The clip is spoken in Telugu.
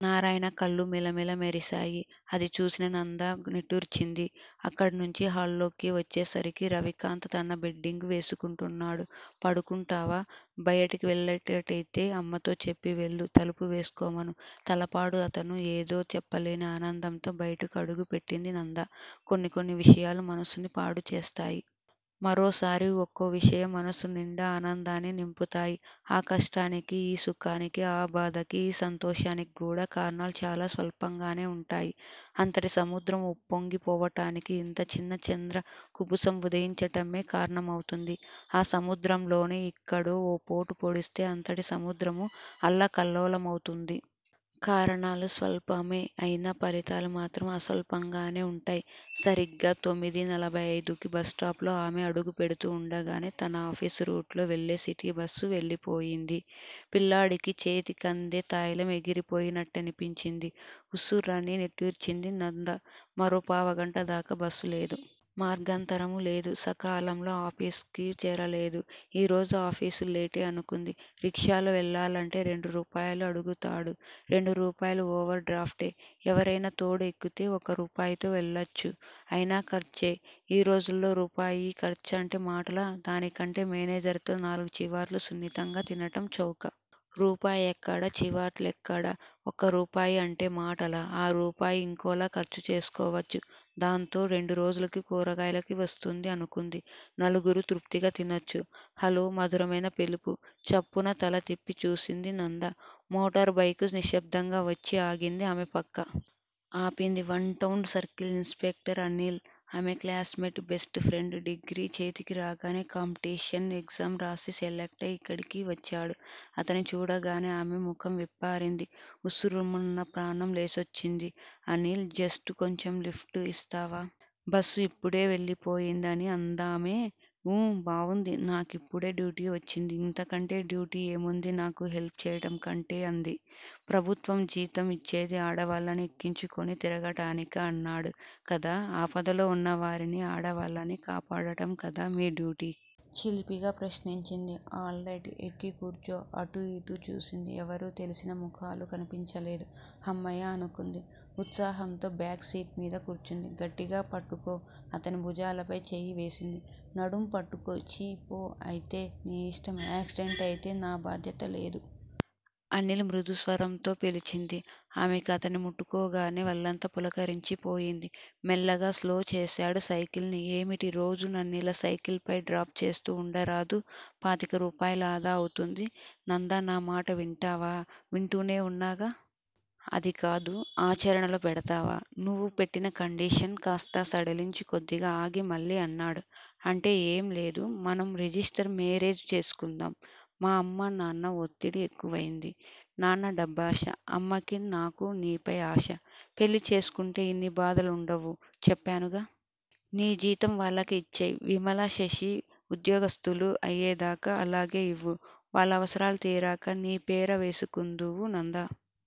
నారాయణ కళ్ళు మిలమిల మెరిశాయి. అది చూసిన నంద నిట్టూర్చింది. అక్కడినుంచి హాల్లోకి వచ్చేసరికి రవికాంత్ తన బెడ్డింగ్ వేసుకుంటున్నాడు. పడుకుంటావా? బయటికి వెళ్ళేట్టయితే అమ్మతో చెప్పి వెళ్ళు తలుపు వేసుకోమను! తలూపాడు అతను! ఏదో చెప్పలేని ఆనందంతో బయటకు అడుగు పెట్టింది నంద. కొన్ని కొన్ని విషయాలు మనస్సుని పాడు చేస్తాయి. మరోసారి ఒక్కో విషయం మనస్సునిండా ఆనందాన్ని నింపుతాయి. ఆ కష్టానికీ, ఈ సుఖానికీ, ఆ బాధకీ, ఈ సంతోషానికీ కూడా కారణాలు చాలా స్వల్పంగానే వుంటాయి. అంతటి సముద్రం ఉప్పొంగి పోవటానికి ఇంత చిన్న చంద్ర కుబుసం ఉదయించటమే కారణమవుతుంది! ఆ సముద్రంలోనే ఇక్కడో ఓ పోటు పొడిస్తే అంతటి సముద్రమూ అల్లకల్లోలమవుతుంది! కారణాలు స్వల్పమే అయినా ఫలితాలు మాత్రం అసల్పంగానే వుంటాయి! సరిగ్గా తొమ్మిదీ నలభై అయిదుకి బస్టాపులో ఆమె అడుగు పెడుతూ వుండగానే తన ఆఫీసు రూట్ లో వెళ్ళే సిటీ బస్ వెళ్ళిపోయింది. పిల్లాడికి చేతికందే తాయిలం ఎగిరిపోయి నట్టనిపించింది. ఉస్సురని నిట్టూర్చింది నంద. మరో పావుగంట దాకా బస్ లేదు. మార్గాంతరము లేదు. సకాలంలో ఆఫీసుకి చేరలేదు. ఈ రోజు ఆఫీసు లేటే అనుకుంది. రిక్షాలో వెళ్ళాలంటే రెండు రూపాయలు అడుగుతాడు. రెండు రూపాయలు ఓవర్ డ్రాఫ్టే! ఎవరైనా తోడు ఎక్కితే ఒక రూపాయితో వెళ్ళొచ్చు! అయినా ఖర్చే! ఈ రోజుల్లో రూపాయి ఖర్చంటే మాటలా? దానికంటే మేనేజర్ తో నాలుగు చివాట్లు సున్నితంగా తినటం చౌక! రూపాయెక్కడ? చివాట్లెక్కడ! ఒక రూపాయి అంటే మాటలా! ఆ రూపాయి యింకోలా ఖర్చు చేసుకోవచ్చు! దాంతో రెండు రోజులకి కూరగాయలకి వస్తుంది అనుకుంది! నలుగురూ తృప్తిగా తినచ్చు. హలో! మధురమైన పిలుపు. చప్పున తల తిప్పి చూసింది నంద. మోటార్ బైక్ నిశ్శబ్దంగా వచ్చి ఆగింది ఆమె పక్క. ఆపింది one town circle inspector Anil! ఆమె classmate! Best friend! Degree చేతికి రాగానే కాంపిటేషన్ ఎగ్జామ్ రాసి సెలక్టయ్యి ఇక్కడికి వచ్చాడు. అతన్ని చూడగానే ఆమె ముఖం విప్పారింది. ఉస్సురుమన్న ప్రాణం లేచొచ్చింది. అనీల్ జస్టు కొంచెం లిఫ్ట్ ఇస్తావా? బస్సు ఇప్పుడే వెళ్ళిపోయింది అని అందామె. ఊ బావుంది! నాకిప్పుడే డ్యూటీ వచ్చింది ఇంతకంటే డ్యూటీ ఏముంది నాకు హెల్ప్ చెయ్యటం కంటే అంది. ప్రభుత్వం జీతం ఇచ్చేది ఆడవాళ్ళని ఎక్కించుకుని తిరగటానికా అన్నాడు. కాదా? ఆపదలో వున్న వారిని, ఆడవాళ్ళని కాపాడటం కాదా మీ డ్యూటీ! చిలిపిగా ప్రశ్నించింది. All right! ఎక్కి కూర్చో! అటు, ఇటు చూసింది ఎవరూ తెలిసిన ముఖాలు కన్పించలేదు. 'హమ్మయ్య' అనుకుంది. ఉత్సాహంతో బ్యాక్ సీట్ మీద కూర్చుంది. గట్టిగా పట్టుకో! అతని భుజాలపై చెయ్యి వేసింది. నడుం పట్టుకో! ఛీ! పో- అయితే నీ యిష్టం యాక్సిడెంటయితే నా బాధ్యత లేదు! అనిల్ మృదు స్వరంతో పిలిచింది. ఆమెకు అతన్ని ముట్టుకోగానే వళ్ళంతా పులకరించి పోయింది. మెల్లిగా స్లో చేశాడు సైకిల్ ని ఏమిటి? రోజూ నన్నిలా సైకిల్ పై డ్రాప్ చేస్తూ వుండరాదూ పాతిక రూపాయలు ఆదా అవుతుంది. నందా నా మాట వింటావా? వింటూనే వున్నాగా! అదికాదు ఆచరణలో పెడతావా? నువ్వు పెట్టిన కండిషన్ కాస్త సడలించు కొద్దిగా ఆగి మళ్ళీ అన్నాడు. అంటే ఏం లేదు. మనం రిజిస్టర్ మేరేజ్ చేసుకుందాం. మా అమ్మా, నాన్నా వత్తిడి ఎక్కువైంది. నాన్న డబ్బాశ! అమ్మకి నాకు నీపై ఆశ! పెళ్ళి చేసుకుంటే ఇన్ని బాధలు వుండవు చెప్పానుగా! నీ జీతం వాళ్ళకి ఇచ్చెయ్ విమల, శశి ఉద్యోగస్తులు అయ్యేదాకా అలాగే ఇవ్వు! వాళ్ళ అవసరాలు తీరాక నీ పేర వేసుకుందువు. నంద